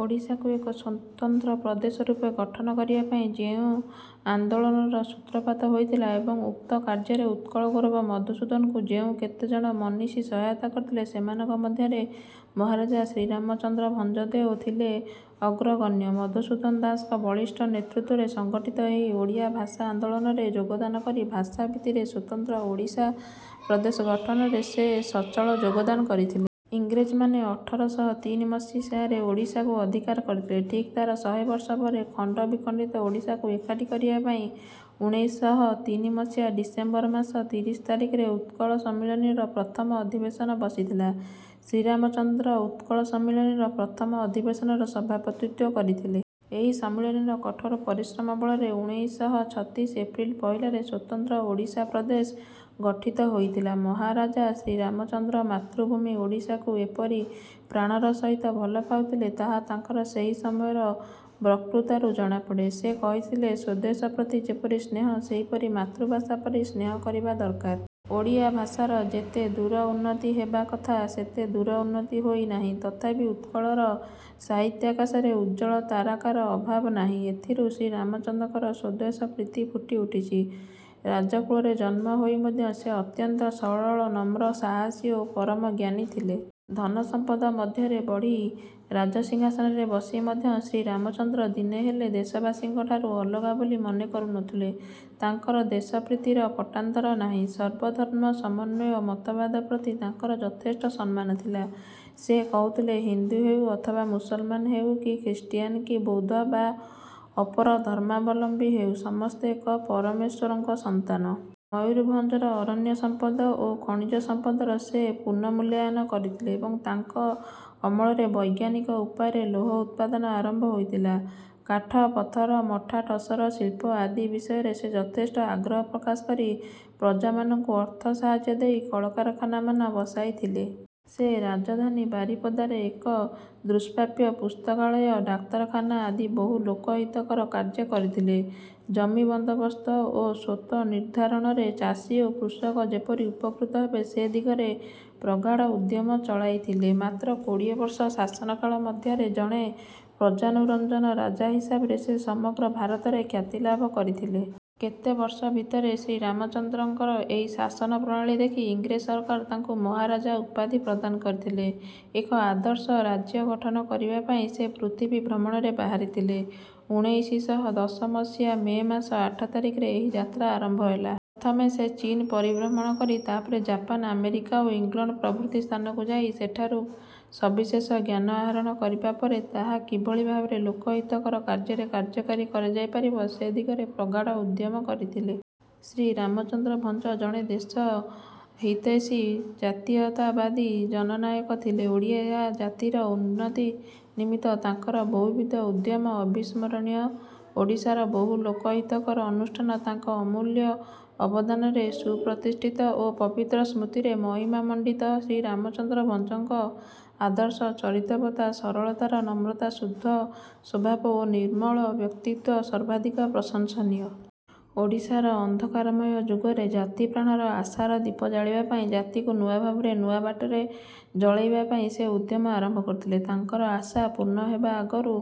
ଓଡ଼ିଶାକୁ ଏକ ସ୍ୱତନ୍ତ୍ର ପ୍ରଦେଶ ରୂପେ ଗଠନ କରିବା ପାଇଁ ଯେଉଁ ଆନ୍ଦୋଳନର ସୂତ୍ରପାତ ହୋଇଥିଲା ଏବଂ ଉକ୍ତ କାର୍ଯ୍ୟରେ ଉତ୍କଳଗୌରବ ମଧୁସୂଦନଙ୍କୁ ଯେଉଁ କେତେଜଣ ମନିଷୀ ସହାୟତା କରିଥିଲେ ସେମାନଙ୍କ ମଧ୍ୟରେ ମହାରାଜା ଶ୍ରୀରାମଚନ୍ଦ୍ର ଭଞ୍ଜଦେଓ ଥିଲେ ଅଗ୍ରଗଣ୍ୟ। ମଧୁସୂଦନ ଦାସଙ୍କ ବଳିଷ୍ଠ ନେତୃତ୍ୱରେ ସଂଗଠିତ ଏହି ଓଡ଼ିଆ ଭାଷା ଆନ୍ଦୋଳନରେ ଯୋଗଦାନ କରି ଭାଷା ଭିତ୍ତିରେ ସ୍ୱତନ୍ତ୍ର ଓଡ଼ିଶା ପ୍ରଦେଶ ଗଠନରେ ସେ ସଚଳ ଯୋଗଦାନ କରିଥିଲେ। ଇଂରେଜମାନେ ଅଠର ଶହ ତିନି ମସିହାରେ ଓଡ଼ିଶାକୁ ଅଧିକାର କରିଥିଲେ। ଠିକ୍ ତାର ଶହେବର୍ଷ ପରେ ଖଣ୍ଡ ବିଖଣ୍ଡିତ ଓଡ଼ିଶାକୁ ଏକାଠି କରିବା ପାଇଁ ଉଣେଇଶ ଶହ ତିନି ମସିହା ଡିସେମ୍ବର ମାସ ତିରିଶ ତାରିଖରେ ଉତ୍କଳ ସମ୍ମିଳନୀର ପ୍ରଥମ ଅଧିବେଶନ ବସିଥିଲା। ଶ୍ରୀରାମ ଚନ୍ଦ୍ର ଉତ୍କଳ ସମ୍ମିଳନୀର ପ୍ରଥମ ଅଧିବେଶନରେ ସଭାପତିତ୍ୱ କରିଥିଲେ। ଏହି ସମ୍ମିଳନୀର କଠୋର ପରିଶ୍ରମ ବଳରେ ଉଣେଇଶ ଶହ ଛତିଶ ଏପ୍ରିଲ ପହିଲାରେ ସ୍ୱତନ୍ତ୍ର ଓଡ଼ିଶା ପ୍ରଦେଶ ଗଠିତ ହୋଇଥିଲା। ମହାରାଜା ଶ୍ରୀରାମଚନ୍ଦ୍ର ମାତୃଭୂମି ଓଡ଼ିଶାକୁ ଏପରି ପ୍ରାଣର ସହିତ ଭଲ ପାଉଥିଲେ ତାହା ତାଙ୍କର ସେହି ସମୟର ବତ୍କୃତାରୁ ଜଣାପଡ଼େ। ସେ କହିଥିଲେ ସ୍ୱଦେଶ ପ୍ରତି ଯେପରି ସ୍ନେହ ସେହିପରି ମାତୃଭାଷା ପ୍ରତି ସ୍ନେହ କରିବା ଦରକାର। ଓଡ଼ିଆ ଭାଷାର ଯେତେ ଦୂର ଉନ୍ନତି ହେବା କଥା ସେତେ ଦୂର ଉନ୍ନତି ହୋଇ ନାହିଁ ତଥାପି ଉତ୍କଳର ସାହିତ୍ୟାକାଶରେ ଉଜ୍ଜଳ ତାରକାର ଅଭାବ ନାହିଁ। ଏଥିରୁ ଶ୍ରୀରାମଚନ୍ଦ୍ରଙ୍କର ସ୍ୱଦେଶ ପ୍ରୀତି ଫୁଟି ଉଠିଛି। ରାଜକୁଳରେ ଜନ୍ମ ହୋଇ ମଧ୍ୟ ସେ ଅତ୍ୟନ୍ତ ସରଳ ନମ୍ର ସାହସୀ ଓ ପରମ ଜ୍ଞାନୀ ଥିଲେ। ଧନସମ୍ପଦ ମଧ୍ୟରେ ବଢ଼ି ରାଜ ସିଂହାସନରେ ବସି ମଧ୍ୟ ଶ୍ରୀରାମଚନ୍ଦ୍ର ଦିନେ ହେଲେ ଦେଶବାସୀଙ୍କ ଠାରୁ ଅଲଗା ବୋଲି ମନେ କରୁନଥିଲେ। ତାଙ୍କର ଦେଶପ୍ରୀତିର ପଟ୍ଟାନ୍ତର ନାହିଁ। ସର୍ବଧର୍ମ ସମନ୍ୱୟ ମତବାଦ ପ୍ରତି ତାଙ୍କର ଯଥେଷ୍ଟ ସମ୍ମାନ ଥିଲା। ସେ କହୁଥିଲେ ହିନ୍ଦୁ ହେଉ ଅଥବା ମୁସଲମାନ ହେଉ କି ଖ୍ରୀଷ୍ଟିଆନ କି ବୌଦ୍ଧ ବା ଅପର ଧର୍ମାବଲମ୍ବୀ ହେଉ ସମସ୍ତେ ଏକ ପରମେଶ୍ୱରଙ୍କ ସନ୍ତାନ। ମୟୂରଭଞ୍ଜର ଅରଣ୍ୟ ସମ୍ପଦ ଓ ଖଣିଜ ସମ୍ପଦର ସେ ପୁନର୍ମୂଲ୍ୟାୟନ କରିଥିଲେ ଏବଂ ତାଙ୍କ ଅମଳରେ ବୈଜ୍ଞାନିକ ଉପାୟରେ ଲୌହ ଉତ୍ପାଦନ ଆରମ୍ଭ ହୋଇଥିଲା। କାଠ ପଥର ମଠା ଟସର ଶିଳ୍ପ ଆଦି ବିଷୟରେ ସେ ଯଥେଷ୍ଟ ଆଗ୍ରହ ପ୍ରକାଶ କରି ପ୍ରଜାମାନଙ୍କୁ ଅର୍ଥ ସାହାଯ୍ୟ ଦେଇ କଳକାରଖାନାମାନ ବସାଇଥିଲେ। ସେ ରାଜଧାନୀ ବାରିପଦାରେ ଏକ ଦୁଷ୍ପ୍ରାପ୍ୟ ପୁସ୍ତକାଳୟ ଡାକ୍ତରଖାନା ଆଦି ବହୁ ଲୋକ ହିତକର କାର୍ଯ୍ୟ କରିଥିଲେ। ଜମି ବନ୍ଦୋବସ୍ତ ଓ ସ୍ୱତ୍ତ୍ୱ ନିର୍ଦ୍ଧାରଣରେ ଚାଷୀ ଓ କୃଷକ ଯେପରି ଉପକୃତ ହେବେ ସେ ଦିଗରେ ପ୍ରଗାଢ଼ ଉଦ୍ୟମ ଚଳାଇଥିଲେ। ମାତ୍ର କୋଡ଼ିଏ ବର୍ଷ ଶାସନ କାଳ ମଧ୍ୟରେ ଜଣେ ପ୍ରଜାନୁରଞ୍ଜନ ରାଜା ହିସାବରେ ସେ ସମଗ୍ର ଭାରତରେ ଖ୍ୟାତିଲାଭ କରିଥିଲେ। କେତେ ବର୍ଷ ଭିତରେ ଶ୍ରୀରାମଚନ୍ଦ୍ରଙ୍କର ଏହି ଶାସନ ପ୍ରଣାଳୀ ଦେଖି ଇଂରେଜ ସରକାର ତାଙ୍କୁ ମହାରାଜା ଉପାଧି ପ୍ରଦାନ କରିଥିଲେ। ଏକ ଆଦର୍ଶ ରାଜ୍ୟ ଗଠନ କରିବା ପାଇଁ ସେ ପୃଥିବୀ ଭ୍ରମଣରେ ବାହାରିଥିଲେ। ଉଣେଇଶ ଶହ ଦଶ ମସିହା ମେ ମାସ ଆଠ ତାରିଖରେ ଏହି ଯାତ୍ରା ଆରମ୍ଭ ହେଲା। ପ୍ରଥମେ ସେ ଚୀନ ପରିଭ୍ରମଣ କରି ତାପରେ ଜାପାନ ଆମେରିକା ଓ ଇଂଲଣ୍ଡ ପ୍ରଭୃତି ସ୍ଥାନକୁ ଯାଇ ସେଠାରୁ ସବିଶେଷ ଜ୍ଞାନ ଆହରଣ କରିବା ପରେ ତାହା କିଭଳି ଭାବରେ ଲୋକ ହିତକର କାର୍ଯ୍ୟରେ କାର୍ଯ୍ୟକାରୀ କରାଯାଇ ପାରିବ ସେ ଦିଗରେ ପ୍ରଗାଢ଼ ଉଦ୍ୟମ କରିଥିଲେ। ଶ୍ରୀରାମଚନ୍ଦ୍ର ଭଞ୍ଜ ଜଣେ ଦେଶ ହିତୈଷୀ ଜାତୀୟତାବାଦୀ ଜନନାୟକ ଥିଲେ। ଓଡ଼ିଆ ଜାତିର ଉନ୍ନତି ନିମିତ୍ତ ତାଙ୍କର ବହୁବିଧ ଉଦ୍ୟମ ଅବିସ୍ମରଣୀୟ। ଓଡ଼ିଶାର ବହୁ ଲୋକ ହିତକର ଅନୁଷ୍ଠାନ ତାଙ୍କ ଅମୂଲ୍ୟ ଅବଦାନରେ ସୁପ୍ରତିଷ୍ଠିତ ଓ ପବିତ୍ର ସ୍ମୃତିରେ ମହିମାମଣ୍ଡିତ। ଶ୍ରୀରାମଚନ୍ଦ୍ର ଭଞ୍ଜଙ୍କ ଆଦର୍ଶ ଚରିତ୍ରବତ୍ତା ସରଳତା ନମ୍ରତା ଶୁଦ୍ଧ ସ୍ୱଭାବ ଓ ନିର୍ମଳ ବ୍ୟକ୍ତିତ୍ୱ ସର୍ବାଧିକ ପ୍ରଶଂସନୀୟ। ଓଡ଼ିଶାର ଅନ୍ଧକାରମୟ ଯୁଗରେ ଜାତି ପ୍ରାଣର ଆଶାର ଦୀପ ଜାଳିବା ପାଇଁ ଜାତିକୁ ନୂଆ ଭାବରେ ନୂଆ ବାଟରେ ଜଳେଇବା ପାଇଁ ସେ ଉଦ୍ୟମ ଆରମ୍ଭ କରିଥିଲେ। ତାଙ୍କର ଆଶା ପୂର୍ଣ୍ଣ ହେବା ଆଗରୁ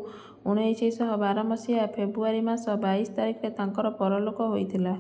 ଉଣେଇଶ ଶହ ବାର ମସିହା ଫେବୃଆରୀ ମାସ ବାଇଶି ତାରିଖରେ ତାଙ୍କର ପରଲୋକ ହୋଇଥିଲା।